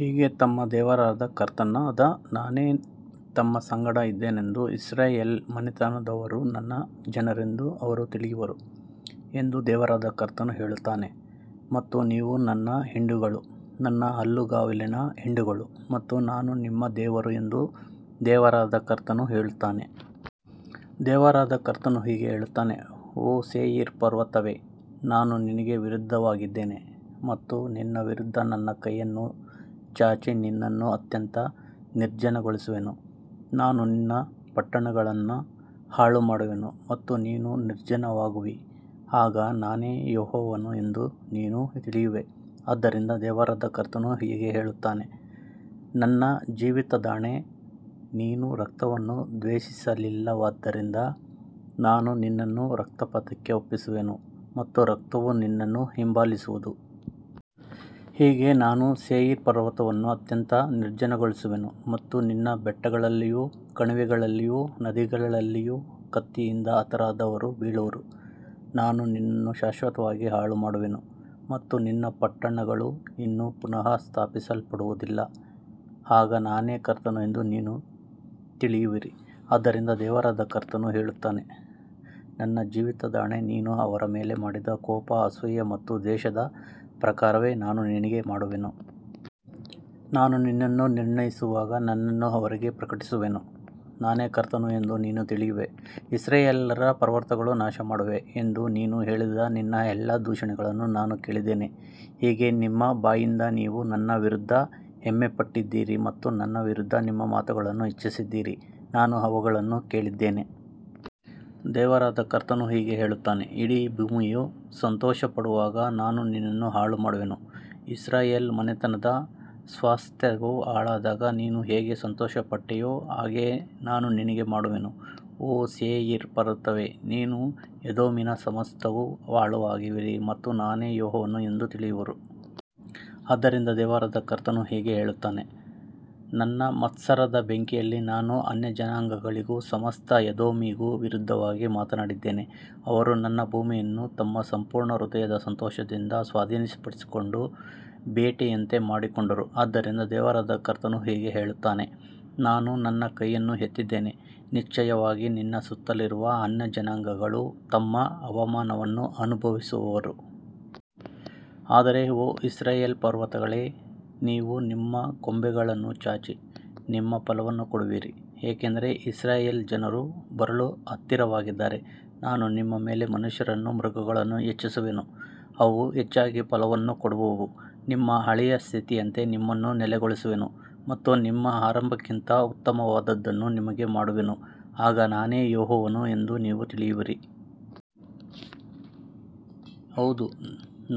ಹೀಗೆ ತಮ್ಮ ದೇವರಾದ ಕರ್ತನಾದ ನಾನೇ ತಮ್ಮ ಸಂಗಡ ಇದ್ದೇನೆಂದೂ ಇಸ್ರಾಯೇಲ್ ಮನೆತನದವರೂ ನನ್ನ ಜನರೆಂದೂ ಅವರು ತಿಳಿಯುವರು ಎಂದು ದೇವರಾದ ಕರ್ತನು ಹೇಳುತ್ತಾನೆ. ಮತ್ತು ನೀವು ನನ್ನ ಹಿಂಡುಗಳು, ನನ್ನ ಹುಲ್ಲುಗಾವಲಿನ ಹಿಂಡುಗಳು ಮತ್ತು ನಾನು ನಿಮ್ಮ ದೇವರು ಎಂದು ದೇವರಾದ ಕರ್ತನು ಹೇಳುತ್ತಾನೆ. ದೇವರಾದ ಕರ್ತನು ಹೀಗೆ ಹೇಳುತ್ತಾನೆ, ಓ ಸೇಯಿರ್ ಪರ್ವತವೇ, ನಾನು ನಿನಗೆ ವಿರುದ್ಧವಾಗಿದ್ದೇನೆ ಮತ್ತು ನಿನ್ನ ವಿರುದ್ಧ ನನ್ನ ಕೈಯನ್ನು ಚಾಚಿ ನಿನ್ನನ್ನು ಅತ್ಯಂತ ನಿರ್ಜನಗೊಳಿಸುವೆನು. ನಾನು ನಿನ್ನ ಪಟ್ಟಣಗಳನ್ನು ಹಾಳುಮಾಡುವೆನು ಮತ್ತು ನೀನು ನಿರ್ಜನವಾಗುವಿ, ಆಗ ನಾನೇ ಯೆಹೋವನು ಎಂದು ನೀನು ತಿಳಿಯುವೆ. ಆದ್ದರಿಂದ ದೇವರಾದ ಕರ್ತನು ಹೀಗೆ ಹೇಳುತ್ತಾನೆ, ನನ್ನ ಜೀವಿತದಾಣೆ, ನೀನು ರಕ್ತವನ್ನು ದ್ವೇಷಿಸಲಿಲ್ಲವಾದ್ದರಿಂದ ನಾನು ನಿನ್ನನ್ನು ರಕ್ತಪಾತಕ್ಕೆ ಒಪ್ಪಿಸುವೆನು ಮತ್ತು ರಕ್ತವು ನಿನ್ನನ್ನು ಹಿಂಬಾಲಿಸುವುದು. ಹೀಗೆ ನಾನು ಸೇಯಿರ್ ಪರ್ವತವನ್ನು ಅತ್ಯಂತ ನಿರ್ಜನಗೊಳಿಸುವೆನು ಮತ್ತು ನಿನ್ನ ಬೆಟ್ಟಗಳಲ್ಲಿಯೂ ಕಣಿವೆಗಳಲ್ಲಿಯೂ ನದಿಗಳಲ್ಲಿಯೂ ಕತ್ತಿಯಿಂದ ಹತರಾದವರು ಬೀಳುವರು. ನಾನು ನಿನ್ನನ್ನು ಶಾಶ್ವತವಾಗಿ ಹಾಳುಮಾಡುವೆನು ಮತ್ತು ನಿನ್ನ ಪಟ್ಟಣಗಳು ಇನ್ನು ಪುನಃ ಸ್ಥಾಪಿಸಲ್ಪಡುವುದಿಲ್ಲ, ಆಗ ನಾನೇ ಕರ್ತನು ಎಂದು ನೀವು ತಿಳಿಯುವಿರಿ. ಆದ್ದರಿಂದ ದೇವರಾದ ಕರ್ತನು ಹೇಳುತ್ತಾನೆ, ನನ್ನ ಜೀವಿತದಾಣೆ, ನೀನು ಅವರ ಮೇಲೆ ಮಾಡಿದ ಕೋಪ, ಅಸೂಯೆ ಮತ್ತು ದ್ವೇಷದ ಪ್ರಕಾರವೇ ನಾನು ನಿನಗೆ ಮಾಡುವೆನು. ನಾನು ನಿನ್ನನ್ನು ನಿರ್ಣಯಿಸುವಾಗ ನನ್ನನ್ನು ಅವರಿಗೆ ಪ್ರಕಟಿಸುವೆನು. ನಾನೇ ಕರ್ತನು ಎಂದು ನೀನು ತಿಳಿಯುವೆ. ಇಸ್ರಾಯೇಲ್ಯರ ಪರ್ವತಗಳು ನಾಶಮಾಡುವೆ ಎಂದು ನೀನು ಹೇಳಿದ ನಿನ್ನ ಎಲ್ಲಾ ದೂಷಣೆಗಳನ್ನು ನಾನು ಕೇಳಿದ್ದೇನೆ. ಹೀಗೆ ನಿಮ್ಮ ಬಾಯಿಂದ ನೀವು ನನ್ನ ವಿರುದ್ಧ ಹೆಮ್ಮೆಪಟ್ಟಿದ್ದೀರಿ ಮತ್ತು ನನ್ನ ವಿರುದ್ಧ ನಿಮ್ಮ ಮಾತುಗಳನ್ನು ಹೆಚ್ಚಿಸಿದ್ದೀರಿ, ನಾನು ಅವುಗಳನ್ನು ಕೇಳಿದ್ದೇನೆ. ದೇವರಾದ ಕರ್ತನು ಹೀಗೆ ಹೇಳುತ್ತಾನೆ, ಇಡೀ ಭೂಮಿಯು ಸಂತೋಷಪಡುವಾಗ ನಾನು ನಿನ್ನನ್ನು ಹಾಳುಮಾಡುವೆನು. ಇಸ್ರಾಯೇಲ್ ಮನೆತನದ ಸ್ವಾಸ್ತ್ಯವು ಹಾಳಾದಾಗ ನೀನು ಹೇಗೆ ಸಂತೋಷಪಟ್ಟೆಯೋ ಹಾಗೆಯೇ ನಾನು ನಿನಗೆ ಮಾಡುವೆನು. ಓ ಸೇಯಿರ್ ಪರ್ವತವೇ, ನೀನೂ ಎದೋಮಿನ ಸಮಸ್ತವೂ ಪಾಳಾಗುವಿರಿ ಮತ್ತು ನಾನೇ ಯೆಹೋವನು ಎಂದು ತಿಳಿಯುವರು. ಆದ್ದರಿಂದ ದೇವರಾದ ಕರ್ತನು ಹೀಗೆ ಹೇಳುತ್ತಾನೆ, ನನ್ನ ಮತ್ಸರದ ಬೆಂಕಿಯಲ್ಲಿ ನಾನು ಅನ್ಯಜನಾಂಗಗಳಿಗೂ ಸಮಸ್ತ ಎದೋಮಿಗೂ ವಿರುದ್ಧವಾಗಿ ಮಾತನಾಡಿದ್ದೇನೆ. ಅವರು ನನ್ನ ಭೂಮಿಯನ್ನು ತಮ್ಮ ಸಂಪೂರ್ಣ ಹೃದಯದ ಸಂತೋಷದಿಂದ ಸ್ವಾಧೀನಪಡಿಸಿಕೊಂಡು ಬೇಟೆಯಂತೆ ಮಾಡಿಕೊಂಡರು. ಆದ್ದರಿಂದ ದೇವರಾದ ಕರ್ತನು ಹೀಗೆ ಹೇಳುತ್ತಾನೆ, ನಾನು ನನ್ನ ಕೈಯನ್ನು ಎತ್ತಿದ್ದೇನೆ, ನಿಶ್ಚಯವಾಗಿ ನಿನ್ನ ಸುತ್ತಲಿರುವ ಅನ್ಯಜನಾಂಗಗಳು ತಮ್ಮ ಅವಮಾನವನ್ನು ಅನುಭವಿಸುವರು. ಆದರೆ ಓ ಇಸ್ರಾಯೇಲ್ ಪರ್ವತಗಳೇ, ನೀವು ನಿಮ್ಮ ಕೊಂಬೆಗಳನ್ನು ಚಾಚಿ ನಿಮ್ಮ ಫಲವನ್ನು ಕೊಡುವಿರಿ, ಏಕೆಂದರೆ ಇಸ್ರಾಯೇಲ್ ಜನರು ಬರಲು ಹತ್ತಿರವಾಗಿದ್ದಾರೆ. ನಾನು ನಿಮ್ಮ ಮೇಲೆ ಮನುಷ್ಯರನ್ನೂ ಮೃಗಗಳನ್ನೂ ಹೆಚ್ಚಿಸುವೆನು, ಅವು ಹೆಚ್ಚಾಗಿ ಫಲವನ್ನು ಕೊಡುವವು. ನಿಮ್ಮ ಹಳೆಯ ಸ್ಥಿತಿಯಂತೆ ನಿಮ್ಮನ್ನು ನೆಲೆಗೊಳಿಸುವೆನು ಮತ್ತು ನಿಮ್ಮ ಆರಂಭಕ್ಕಿಂತ ಉತ್ತಮವಾದದ್ದನ್ನು ನಿಮಗೆ ಮಾಡುವೆನು, ಆಗ ನಾನೇ ಯೆಹೋವನು ಎಂದು ನೀವು ತಿಳಿಯುವಿರಿ. ಹೌದು,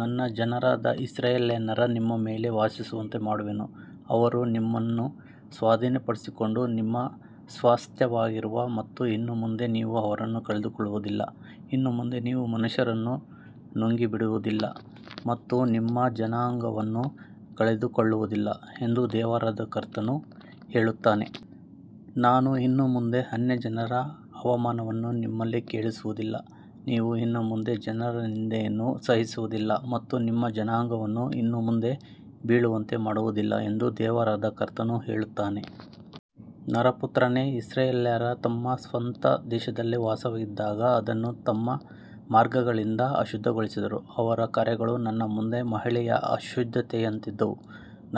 ನನ್ನ ಜನರಾದ ಇಸ್ರಾಯೇಲ್ಯರನ್ನು ನಿಮ್ಮ ಮೇಲೆ ವಾಸಿಸುವಂತೆ ಮಾಡುವೆನು. ಅವರು ನಿಮ್ಮನ್ನು ಸ್ವಾಧೀನಪಡಿಸಿಕೊಂಡು ನಿಮ್ಮ ಸ್ವಾಸ್ತ್ಯವಾಗಿರುವರು ಮತ್ತು ಇನ್ನು ಮುಂದೆ ನೀವು ಅವರನ್ನು ಕಳೆದುಕೊಳ್ಳುವುದಿಲ್ಲ. ಇನ್ನು ಮುಂದೆ ನೀವು ಮನುಷ್ಯರನ್ನು ನುಂಗಿಬಿಡುವುದಿಲ್ಲ ಮತ್ತು ನಿಮ್ಮ ಜನಾಂಗವನ್ನು ಕಳೆದುಕೊಳ್ಳುವುದಿಲ್ಲ ಎಂದು ದೇವರಾದ ಕರ್ತನು ಹೇಳುತ್ತಾನೆ. ನಾನು ಇನ್ನು ಮುಂದೆ ಅನ್ಯಜನರ ಅವಮಾನವನ್ನು ನಿಮ್ಮಲ್ಲಿ ಕೇಳಿಸುವುದಿಲ್ಲ, ನೀವು ಇನ್ನು ಮುಂದೆ ಜನರ ನಿಂದೆಯನ್ನು ಸಹಿಸುವುದಿಲ್ಲ ಮತ್ತು ನಿಮ್ಮ ಜನಾಂಗವನ್ನು ಇನ್ನು ಮುಂದೆ ಬೀಳುವಂತೆ ಮಾಡುವುದಿಲ್ಲ ಎಂದು ದೇವರಾದ ಕರ್ತನು ಹೇಳುತ್ತಾನೆ. ನರಪುತ್ರನೇ, ಇಸ್ರಾಯೇಲ್ಯರು ತಮ್ಮ ಸ್ವಂತ ದೇಶದಲ್ಲಿ ವಾಸವಾಗಿದ್ದಾಗ ಅದನ್ನು ತಮ್ಮ ಮಾರ್ಗಗಳಿಂದ ಅಶುದ್ಧಗೊಳಿಸಿದರು. ಅವರ ಕಾರ್ಯಗಳು ನನ್ನ ಮುಂದೆ ಮಹಿಳೆಯ ಅಶುದ್ಧತೆಯಂತಿದ್ದವು.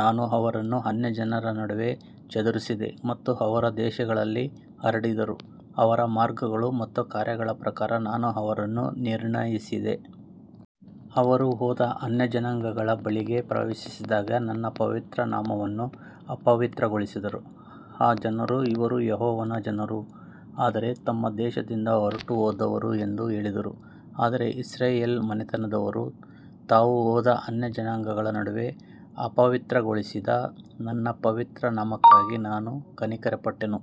ನಾನು ಅವರನ್ನು ಅನ್ಯಜನರ ನಡುವೆ ಚದುರಿಸಿದೆ ಮತ್ತು ಅವರು ದೇಶಗಳಲ್ಲಿ ಹರಡಿದರು. ಅವರ ಮಾರ್ಗಗಳು ಮತ್ತು ಕಾರ್ಯಗಳ ಪ್ರಕಾರ ನಾನು ಅವರನ್ನು ನಿರ್ಣಯಿಸಿದೆ. ಅವರು ಹೋದ ಅನ್ಯಜನಾಂಗಗಳ ಬಳಿಗೆ ಪ್ರವೇಶಿಸಿದಾಗ ನನ್ನ ಪವಿತ್ರ ನಾಮವನ್ನು ಅಪವಿತ್ರಗೊಳಿಸಿದರು. ಆ ಜನರು, ಇವರು ಯೆಹೋವನ ಜನರು, ಆದರೆ ತಮ್ಮ ದೇಶದಿಂದ ಹೊರಟುಹೋದವರು ಎಂದು ಹೇಳಿದರು. ಆದರೆ ಇಸ್ರಾಯೇಲ್ ಮನೆತನದವರು ತಾವು ಹೋದ ಅನ್ಯಜನಾಂಗಗಳ ನಡುವೆ ಅಪವಿತ್ರಗೊಳಿಸಿದ ನನ್ನ ಪವಿತ್ರ ನಾಮಕ್ಕಾಗಿ ನಾನು ಕನಿಕರಪಟ್ಟೆನು.